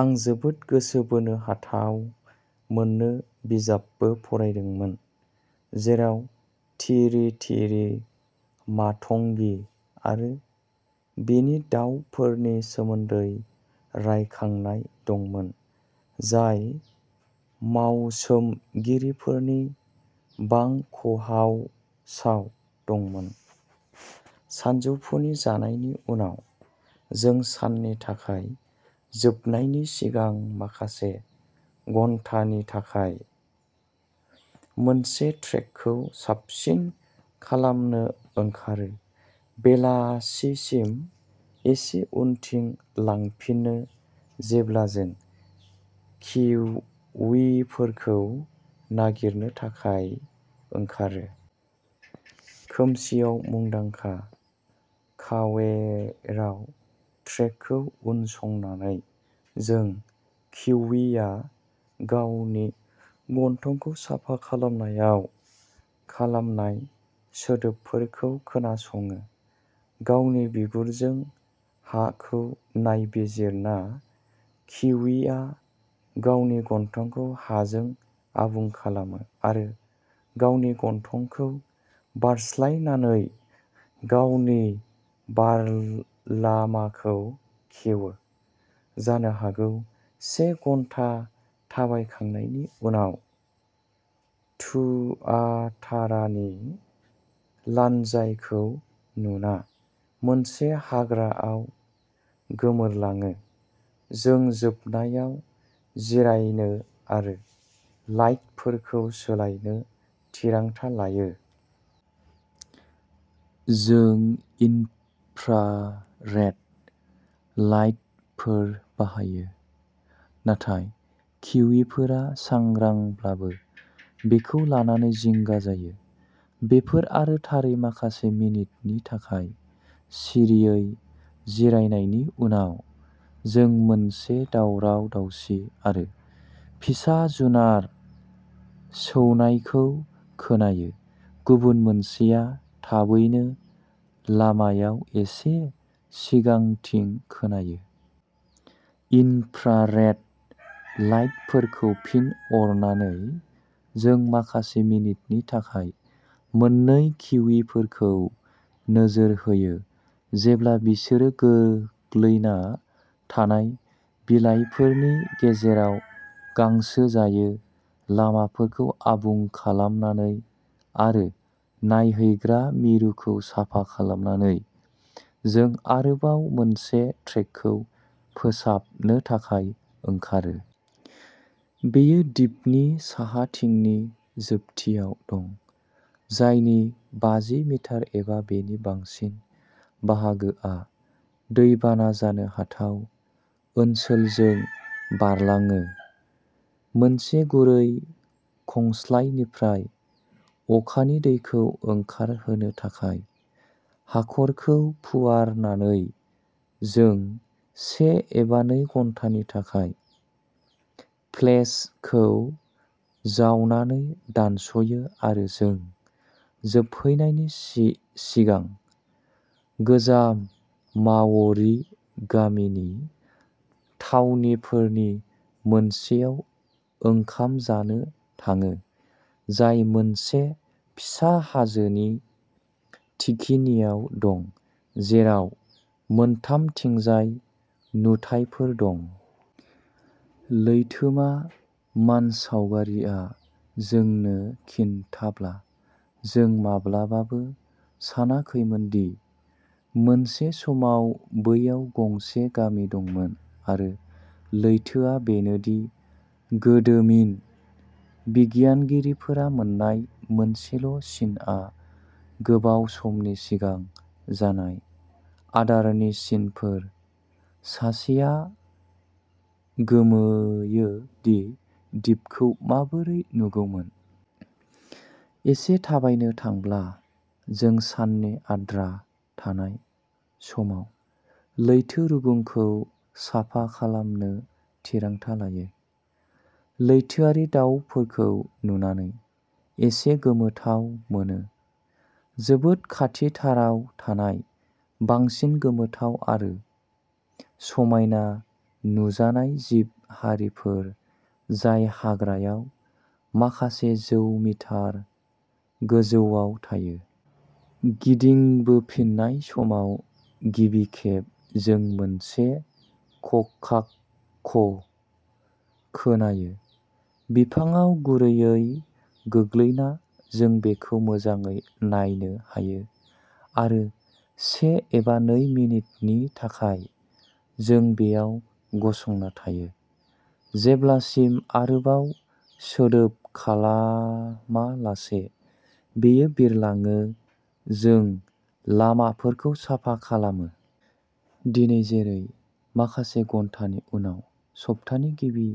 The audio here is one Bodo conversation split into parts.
आं जोबोद गोसो बोनो हाथाव मोननो बिजाबबो फरायदोंमोन, जेराव तिरितिरि मातंगि आरो बिनि दाउफोरनि सोमोन्दै रायखांनाय दंमोन। जाय मावसोमगिरिफोरनि बांकहाउसाव दंमोन। सानजौफुनि जानायनि उनाव जों साननि थाखाय जोबनायनि सिगां माखासे घन्टानि थाखाय मोनसे ट्रेकखौ साबसिन खालामनो ओंखारो, बेलासिसिम एसे उनथिं लांफिनो, जेब्ला जों किवीफोरखौ नागिरनो थाखाय ओंखारो। खोमसिआव मुंदांखा कावेराव ट्रेकखौ उनसंनानै जों किवीया गावनि गन्थंखौ साफा खालामनायाव खालामनाय सोदोबफोरखौ खोनासङो। गावनि बिगुरजों हाखौ नायबिजिरना, किवीया गावनि गन्थंखौ हाजों आबुं खालामो आरो गावनि गन्थंखौ बारस्लायनानै गावनि बारलामाखौ खेवो। जानो हागौ से घन्टा थाबायखांनायनि उनाव, तुआतारानि लानजायखौ नुना, मोनसे हाग्राआव गोमोरलाङो। जों जोबनायाव जिरायनो आरो लाइटफोरखौ सोलायनो थिरांथा लायो। जों इन्फ्रारेड लाइटफोर बाहायो, नाथाय किवीफोरा सांग्रांब्लाबो बेखौ लानानै जिंगा जायो। बेफोर आरो थारै माखासे मिनिटनि थाखाय सिरियै जिरायनायनि उनाव जों मोनसे दावराव-दावसि आरो फिसा जुनार सौनायखौ खोनायो। गुबुन मोनसेआ थाबैनो लामायाव एसे सिगांथिं खोनायो। इनफ्रारेड लाइटफोरखौ फिन अरनानै जों माखासे मिनिटनि थाखाय मोन्नै किवीफोरखौ नोजोर होयो जेब्ला बिसोरो गोग्लैना थानाय बिलाइफोरनि गेजेराव गांसो जायो। लामाफोरखौ आबुं खालामनानै आरो नायहैग्रा मिरुखौ साफा खालामनानै, जों आरोबाव मोनसे ट्रेकखौ फोसाबनो थाखाय ओंखारो। बेयो दिपनि साहाथिंनि जोबथियाव दं, जायनि बाजि मिटार एबा बेनि बांसिन बाहागोआ दैबाना जानो हाथाव ओनसोलजों बारलाङो। मोनसे गुरै खंस्लायनिफ्राय अखानि दैखौ ओंखारहोनो थाखाय हाखरखौ फुवारनानै जों से एबा नै घन्टानि थाखाय फ्लेक्सखौ जावनानै दानस'यो आरो जों जोबहैनायनि सिगां गोजाम माव'रि गामिनि थावनिफोरनि मोनसेयाव ओंखाम जानो थाङो, जाय मोनसे फिसा हाजोनि थिखिनियाव दं, जेराव मोनथामथिंजाय नुथायफोर दं। लैथोमा। मानसावगारिआ जोंनो खिन्थाब्ला, जों माब्लाबाबो सानाखैमोनदि मोनसे समाव बैयाव गंसे गामि दंमोन आरो सैथोआ बेनो दि गोदोमिन बिगियानगिरिफोरा मोन्नाय मोनसेल'सिनआ गोबाव समनि सिगां जानाय आदारनि सिनफोर। सासेआ गोमोयो दि दिपखौ माबोरै नुगौमोन। एसे थाबायनो थांब्ला जों साननि आद्रा थानाय समाव लैथो रुगुंखौ साफा खालामनो थिरांथा लायो। लैथोआरि दावफोरखौ नुनानै एसे गोमोथाव मोनो। जोबोद खाथिथाराव थानाय बांसिन गोमोथाव आरो समायना नुजानाय जिब हारिफोर जाय हाग्रायाव माखासे जौ मिटार गोजौआव थायो। गिदिंबोफिननाय समाव, गिबि खेब जों मोनसे ककाक'खोनायो। बिफांआव गुरैयै गोग्लैना, जों बेखौ मोजाङै नायनो हायो आरो से एबा नै मिनिटनि थाखाय जों बैयाव गसंना थायो, जेब्लासिम-आरोबाव सोदोब खालामालासे-बेयो बिरलाङो। जों लामाफोरखौ साफा खालामो। दिनै, जेरै माखासे घन्टानि उनाव सप्तानि गिबि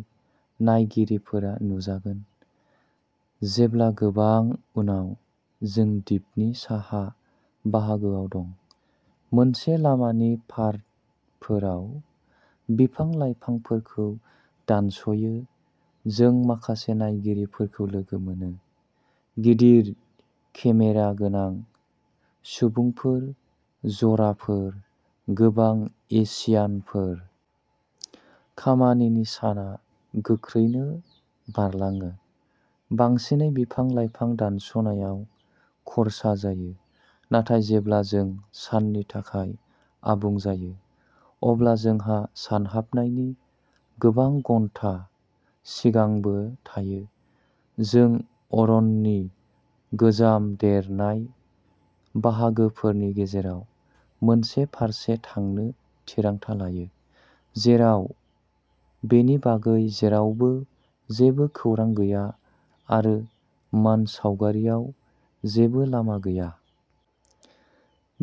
नायगिरिफोरा नुजागोन। जेब्ला गोबां उनाव जों दिपनि साहा बाहागोआव दं ।मोनसे लामानि फारफोराव बिफां-लाइफांफोरखौ दानस'यो, जों माखासे नायगिरिफोरखौ लोगो मोनो। गिदिर केमेरा गोनां सुबुंफोर। जराफोर। गोबां एशियानफोर। खामानिनि साना गोख्रैनो बारलाङो, बांसिनै बिफां-लाइफां दानस'नायाव खर्सा जायो, नाथाय जेब्ला जों साननि थाखाय आबुं जायो। अब्ला जोंहा सानहाबनायनि गोबां घन्टा सिगांबो थायो। जों अरननि गोजाम देरनाय बाहागोफोरनि गेजेराव मोनसे फारसे थांनो थिरांथा लायो। जेराव बेनि बागै जेरावबो जेबो खौरां गैया आरो मानसावगारियाव जेबो लामा गैया।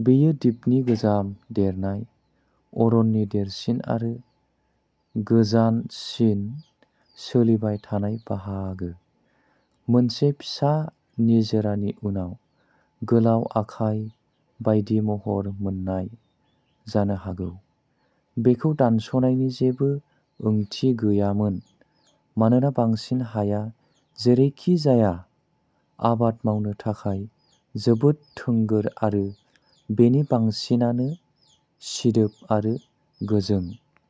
बेयो दिपनि गोजाम देरनाय अरननि देरसिन आरो गोजानसिन सोलिबाय थानाय बाहागो, मोनसे फिसा निजोरानि उनाव गोलाव आखाइ बायदि महर मोननाय। जानो हागौ बेखौ दानस'नायनि जेबो ओंथि गैयामोन। मानोना बांसिन हाया जेरैखिजाया आबाद मावनो थाखाय जोबोद थोंगोर आरो बेनि बांसिनानो सिदोब आरो गोजों।